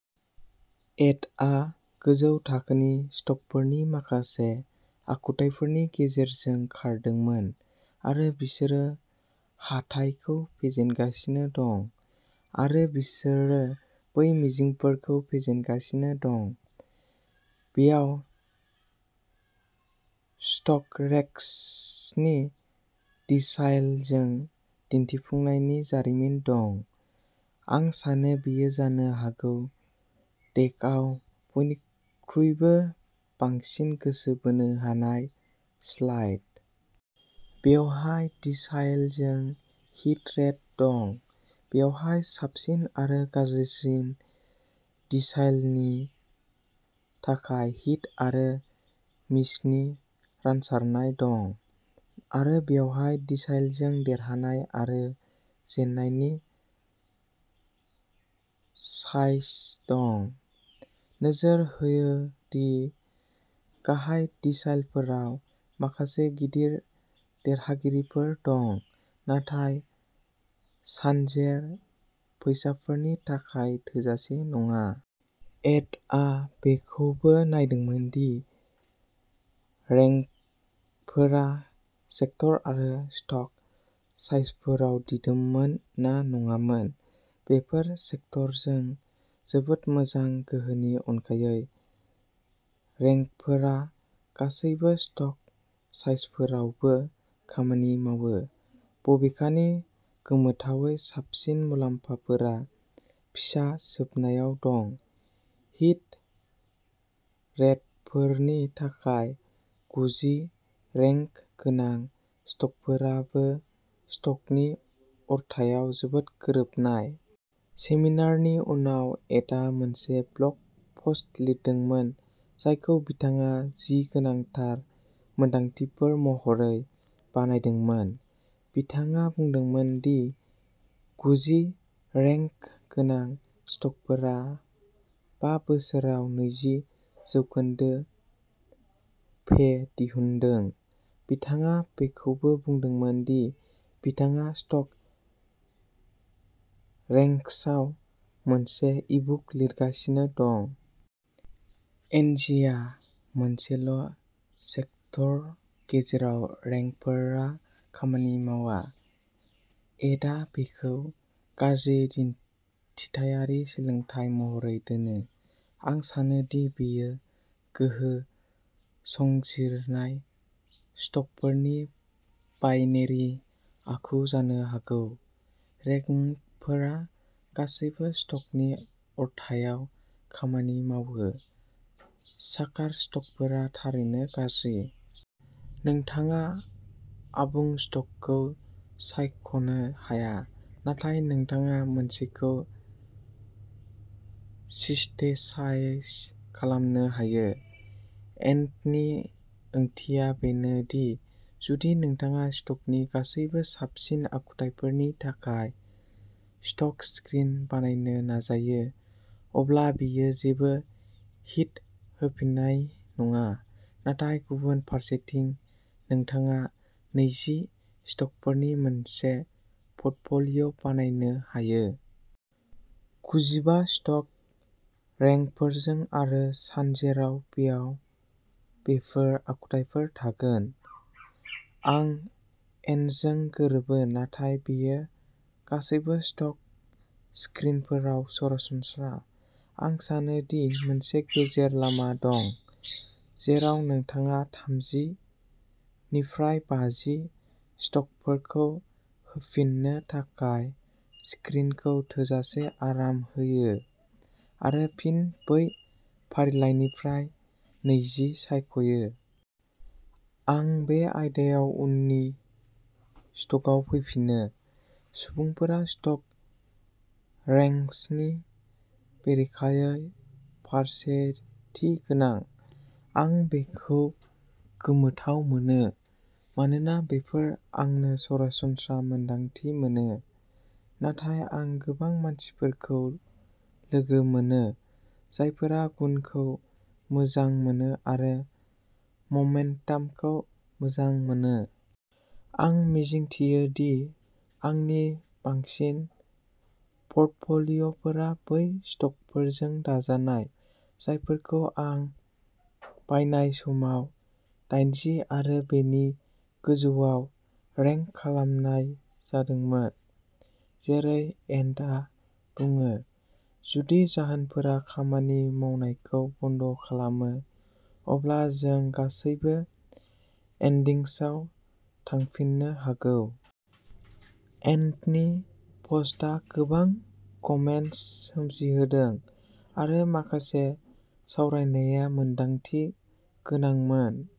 एडआ गोजौ थाखोनि स्टकफोरनि माखासे आखुथायफोरनि गेजेरजों खारदोंमोन आरो बिसोरो हाथाइखौ फेजेनगासिनो दं आरो बिसोरो बै मिजिंफोरखौ फेजेनगासिनो दं। बेयाव स्टकरेंक्सनि डिसाइलजों दिन्थिफुंनायनि जारिमिन दं। आं सानो बेयो जानो हागौ डेकआव बयनिख्रुइबो बांसिन गोसो बोनो हानाय स्लाइड। बेवहाय डिसाइलजों हिट रेट दं। बेवहाय साबसिन आरो गाज्रिसिन डिसाइलनि थाखाय हिट आरो मिसनि रानसारनाय दं आरो बेवहाय डिसाइलजों देरहानाय आरो जेननायनि साइज दं। नोजोर हो दि गाहाय दिसाइलफोराव माखासे गिदिर देरहागिरिफोर दं, नाथाय सानजेर फैसाफोरनि थाखाय थोजासे नङा। एडआ बेखौबो नायदोंमोन दि रेंकफोरा सेक्टर आरो स्टक साइजफोराव दिदोममोन ना नङामोन। बेफोर सेक्टरजों जोबोद मोजां, गोहोनि अनगायै। रेंकफोरा गासैबो स्टक साइजफोरावबो खामानि मावो, बबेखानि गोमोथावै साबसिन मुलाम्फाफोरा फिसा जोबनायाव दं। हिट रेटफोरनि थाखाय गुजि रेंक गोनां स्टकफोराबो स्टकनि अरथायाव जोबोद गोरोबनाय। सेमिनारनि उनाव, एडआ मोनसे ब्लग पस्ट लिरदोंमोन, जायखौ बिथाङा "जि गोनांथार मोनदांथिफोर" महरै बानायदोंमोन। बिथाङा बुंदोंमोन दि गुजि रेंक गोनां स्टकफोरा बा बोसोराव नैजि जौखोनदो पे दिहुनदों। बिथाङा बेखौबो बुंदोंमोन दि बिथाङा स्टक रेंक्सआव मोनसे ईबुक लिरगासिनो दं। एनजिया मोनसेल' सेक्टर जेराव रेंकफोरा खामानि मावा। एडआ बेखौ "गाज्रि गिदिंथायारि सोलायथाय" महरै दोनो। आं सानो दि बेयो गोहो संजिरनाय स्टकफोरनि बाइनेरि आखु जानो हागौ। रेंकफोरा गासैबो स्टकनि अरथायाव खामानि मावो। साकार स्टकफोरा थारैनो गाज्रि। नोंथाङा आबुं स्टकखौ सायख'नो हाया, नाथाय नोंथाङा मोनसेखौ सिस्टेसाइज खालामनो हायो। एडनि ओंथिया बेनो दि जुदि नोंथाङा स्टकनि गासैबो साबसिन आखुथायफोरनि थाखाय स्टक स्क्रिन बानायनो नाजायो, अब्ला बेयो जेबो हिट होफिननाय नङा। नाथाय गुबुन फारसेथिं, नोंथाङा नैजि स्टकफोरनि मोनसे प'र्टफ'लिय' बानायनो हायो। गुजिबा स्टक रेंकफोरजों आरो सानजेराव बेयाव बेफोर आखुथायफोर थागोन। आं एडजों गोरोबो, नाथाय बेयो गासैबो स्टक स्क्रिनफोराव सरासनस्रा। आं सानो दि मोनसे गेजेर लामा दं जेराव नोंथाङा थामजि निफ्राय बाजि स्टकफोरखौ होफिन्नो थाखाय स्क्रिनखौ थोजासे आराम होयो, आरो फिन बै फारिलाइनिफ्राय नैजि सायख'यो। आं बे आयदायाव उननि पस्टआव फैफिनो। सुबुंफोरा स्टक रेंक्सनि बेरेखायै फारसेथि गोनां। आं बेखौ गोमोथाव मोनो, मानोना बेफोर आंनो सरासनस्रा मोनदांथि मोनो, नाथाय आं गोबां मानसिफोरखौ लोगो मोनो जायफोरा गुनखौ मोजां मोनो आरो ममेन्टामखौ मोजां मोना। आं मिजिंथियो दि आंनि बांसिन प'र्टफ'लिय'फोरा बै स्टकफोरजों दाजानाय जायफोरखौ आं बायनाय समाव दाइनजि आरो बेनि गोजौआव रेंक खालामनाय जादोंमोन। जेरै एडआ बुङो, जुदि जाहोनफोरा खामानि मावनायखौ बन्द' खालामो, अब्ला जों गासैबो इन्डेक्सिंआव थांफिननो हागौ। एनडनि प'स्टआ गोबां कमेन्ट्स सोमजिहोदोंमोन, आरो माखासे सावरायनाया मोनदांथि गोनांमोन।